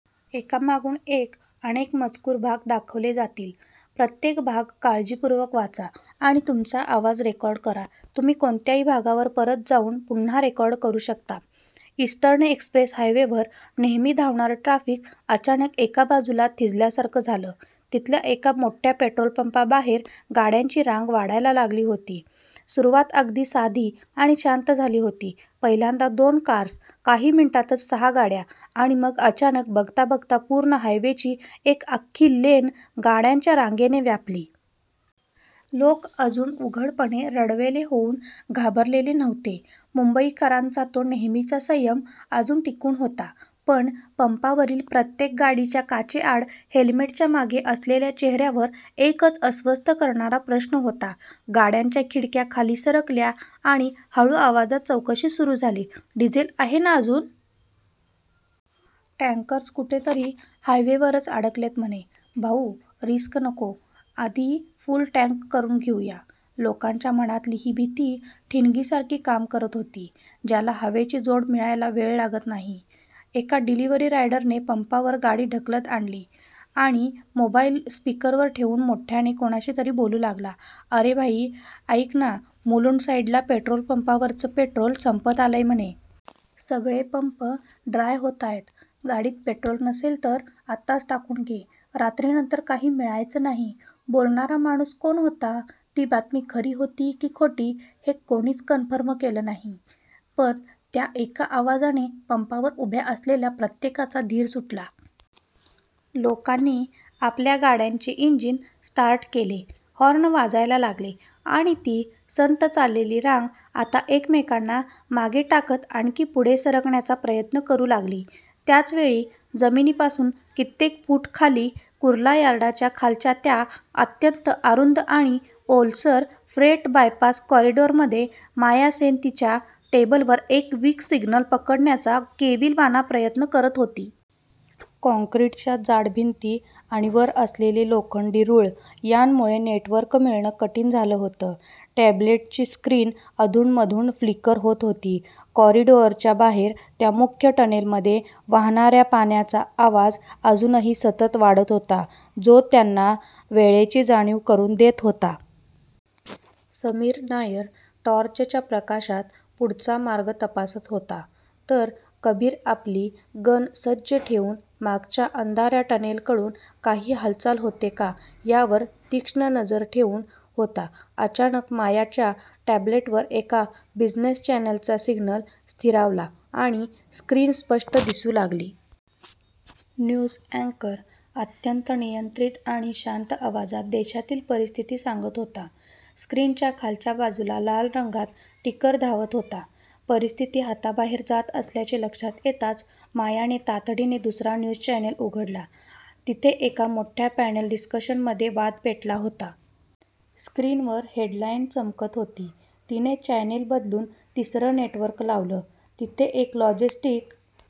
Eastern Express हायवेवर नेहमी धावणारं ट्रॅफिक अचानक एका बाजूला थिजल्यासारखं झालं. तिथल्या एका मोठ्या पेट्रोल पंपाबाहेर गाड्यांची रांग वाढायला लागली होती. सुरुवात अगदी साधी आणि शांत झाली होती. पहिल्यांदा दोन कार्स काही मिनिटांतच सहा गाड्या आणि मग अचानक, बघता बघता पूर्ण हायवेची एक अख्खी लेन गाड्यांच्या रांगेने व्यापली. लोक अजून उघडपणे, रडवेले होऊन घाबरलेले नव्हते. मुंबईकरांचा तो नेहमीचा संयम अजून टिकून होता, पण पंपावरील प्रत्येक गाडीच्या काचेआड, हेल्मेटच्या मागे असलेल्या चेहऱ्यावर एकच अस्वस्थ करणारा प्रश्न होता. गाड्यांच्या खिडक्या खाली सरकल्या आणि हळू आवाजात चौकशी सुरू झाली, "डिझेल आहे ना अजून? "टँकर्स कुठेतरी हायवेवरच अडकलेत म्हणे " "भाऊ, रिस्क नको आधी फुल टँक करून घेऊ या. " लोकांच्या मनातली ही भीती ठिणगीसारखी काम करत होती, ज्याला हवेची जोड मिळायला वेळ लागला नाही. एका डिलिव्हरी रायडरने पंपावर गाडी ढकलत आणली आणि मोबाईल स्पीकरवर ठेवून मोठ्याने कोणाशीतरी बोलू लागला, "अरे भाई, ऐक ना मुलुंड साईडला पेट्रोल पंपावरचं पेट्रोल संपत आलंय म्हणे. सगळे पंप ड्राय होतायत. गाडीत पेट्रोल नसेल तर आत्ताच टाकून घे, रात्रीनंतर काही मिळायचं नाही. " बोलणारा माणूस कोण होता? ती बातमी खरी होती की खोटी? हे कोणीच कन्फर्म केलं नाही. पण त्या एका आवाजाने पंपावर उभ्या असलेल्या प्रत्येकाचा धीर सुटला. लोकांनी आपल्या गाड्यांचे इंजिन स्टार्ट केले, हॉर्न वाजायला लागले आणि ती संथ चाललेली रांग आता एकमेकांना मागे टाकत आणखी पुढे सरकण्याचा प्रयत्न करू लागली. त्याच वेळी, जमिनीपासून कित्येक फूट खाली कुर्ला यार्डाच्या खालच्या त्या अत्यंत अरुंद आणि ओलसर 'फ्रेट बायपास कॉरिडॉर'मध्ये माया सेन तिच्या टॅब्लेटवर एक वीक सिग्नल पकडण्याचा केविलवाणा प्रयत्न करत होती. काँक्रीटच्या जाड भिंती आणि वर असलेले लोखंडी रूळ यांमुळे नेटवर्क मिळणं कठीण झालं होतं. टॅब्लेटची स्क्रीन अधूनमधून फ्लिकर होत होती. कॉरिडॉरच्या बाहेर, त्या मुख्य टनेलमध्ये वाहणाऱ्या पाण्याचा आवाज अजूनही सतत वाढत होता, जो त्यांना वेळेची जाणीव करून देत होता. समीर नायर टॉर्चच्या प्रकाशात पुढचा मार्ग तपासत होता, तर कबीर आपली गन सज्ज ठेवून मागच्या अंधाऱ्या टनेलकडून काही हालचाल होते का, यावर तीक्ष्ण नजर ठेवून होता. अचानक, मायाच्या टॅब्लेटवर एका बिझनेस चॅनेलचा सिग्नल स्थिरावला आणि स्क्रीन स्पष्ट दिसू लागली. न्यूज अँकर अत्यंत नियंत्रित आणि शांत आवाजात देशातील परिस्थिती सांगत होता, स्क्रीनच्या खालच्या बाजूला लाल रंगात टिकर धावत होता. परिस्थिती हाताबाहेर जात असल्याचं लक्षात येताच मायाने तातडीने दुसरा न्यूज चॅनेल उघडला. तिथे एका मोठ्या पॅनल डिस्कशनमध्ये वाद पेटला होता. स्क्रीनवर हेडलाईन चमकत होती. तिने चॅनेल बदलून तिसरं नेटवर्क लावलं. तिथे एक लॉजिस्टिक्स